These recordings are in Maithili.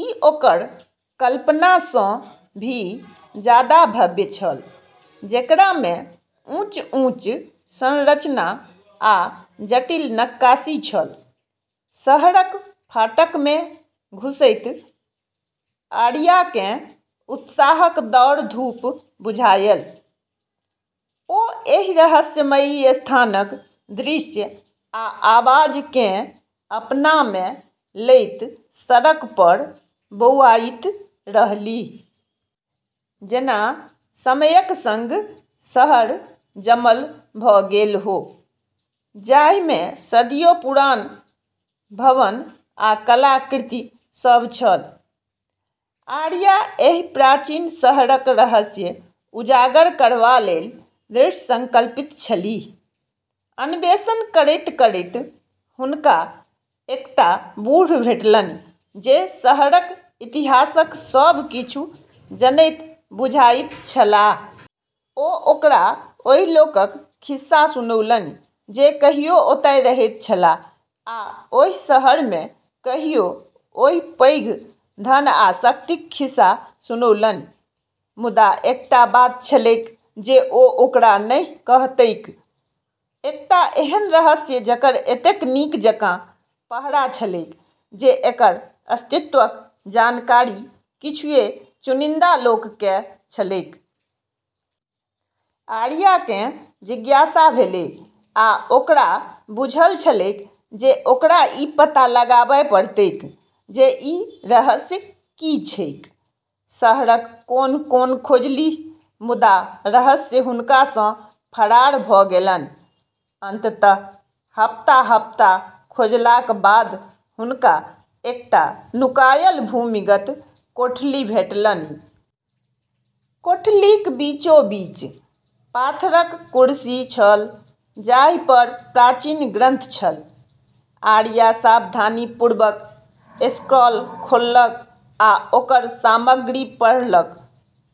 ई ओकर कल्पना सँ भी जादा भव्य छल, जेकरामे ऊँच-ऊँच संरचना आ जटिल नक्काशी छल। शहरक फाटकमे घुसैत आरियाकेँ उत्साहक दौड़-धूप बुझायल। ओ एहि रहस्यमयी स्थानक दृश्य आ आवाजकेँ अपनामे लैत सड़क पर बौआइत रहलीह। जेना समयक संग शहर जमल भ’ गेल हो, जाहिमे सदियो पुरान भवन आ कलाकृति सभ छल। आरिया एहि प्राचीन शहरक रहस्य उजागर करबा लेल दृढ़ संकल्पित छलीह। अन्वेषण करैत-करैत हुनका एकटा बूढ़ भेटलनि जे शहरक इतिहासक सभ किछु जनैत बुझाइत छलाह। ओ ओकरा ओहि लोकक खिस्सा सुनौलनि जे कहियो ओतय रहैत छलाह आ ओहि शहरमे कहियो ओहि पैघ धन आ शक्तिक खिस्सा सुनौलनि। मुदा एकटा बात छलैक जे ओ ओकरा नहि कहतैक, एकटा एहन रहस्य जकर एतेक नीक जकाँ पहरा छलैक जे एकर अस्तित्वक जानकारी किछुए चुनिंदा लोककेँ छलैक। आरियाकेँ जिज्ञासा भेलै आ ओकरा बुझल छलैक जे ओकरा ई पता लगाबय पड़तैक जे ई रहस्य की छैक। शहरक कोन-कोन खोजलीह, मुदा रहस्य हुनका सँ फरार भ’ गेलनि। अंततः हफ्ता-हफ्ता खोजलाक बाद हुनका एकटा नुकायल भूमिगत कोठली भेटलनि। कोठलीक बीचोबीच पाथरक कुरसी छल जाहि पर प्राचीन ग्रंथ छल आरिया सावधानीपूर्वक स्क्रॉल खोललक आ ओकर सामग्री पढ़लक।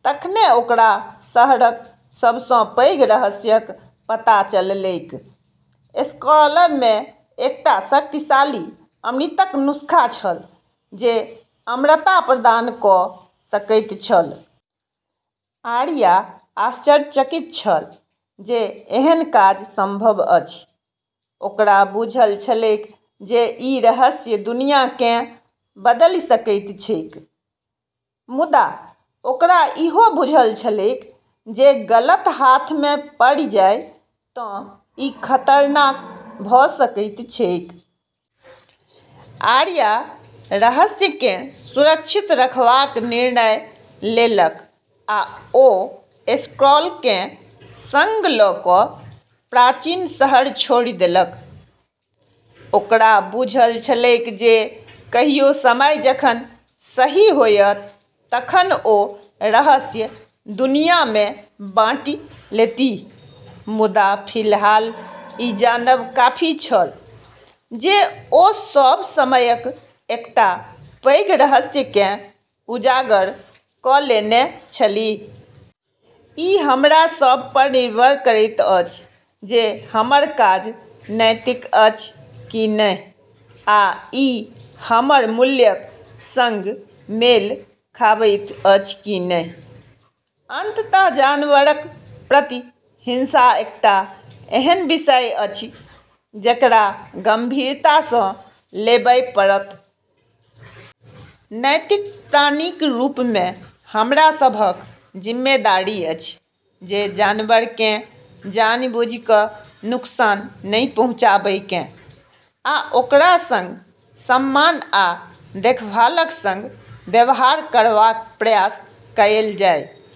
तखने ओकरा शहरक सब सँ पैघ रहस्यक पता चललैक। स्क्रॉलमे एकटा शक्तिशाली अमृतक नुस्खा छल जे अमरता प्रदान क’ सकैत छल। आरिया आश्चर्यचकित छल जे एहन काज संभव अछि। ओकरा बुझल छलैक जे ई रहस्य दुनियाकेँ बदलि सकैत छैक, मुदा ओकरा ईहो बुझल छलैक जे गलत हाथमे पड़ि जाय तँ ई खतरनाक भ’ सकैत छैक। आरिया रहस्यकेँ सुरक्षित रखबाक निर्णय लेलक आ ओ स्क्रॉलकेँ संग ल’ क’ प्राचीन शहर छोड़ि देलक। ओकरा बुझल छलैक जे कहियो समय जखन सही होयत तखन ओ रहस्य दुनियामे बाँटि लेतीह। मुदा फिलहाल ई जानब काफी छल जे ओ सभ समयक एकटा पैघ रहस्यकेँ उजागर क’ लेने छलीह। ई हमरा सभ पर निर्भर करैत अछि जे हमर काज नैतिक अछि कि नहि आ ई हमर मूल्यक संग मेल खाबैत अछि कि नहि। अंततः जानवरक प्रति हिंसा एकटा एहन विषय अछि जेकरा गंभीरता सँ लेबय पड़त। नैतिक प्राणीक रूपमे हमरा सभक जिम्मेदारी अछि जे जानवरकेँ जानबूझि क’ नुकसान नहि पहुँचाबै केँ, आ ओकरा संग सम्मान आ देखभालक संग व्यवहार करबाक प्रयास कएल जाय।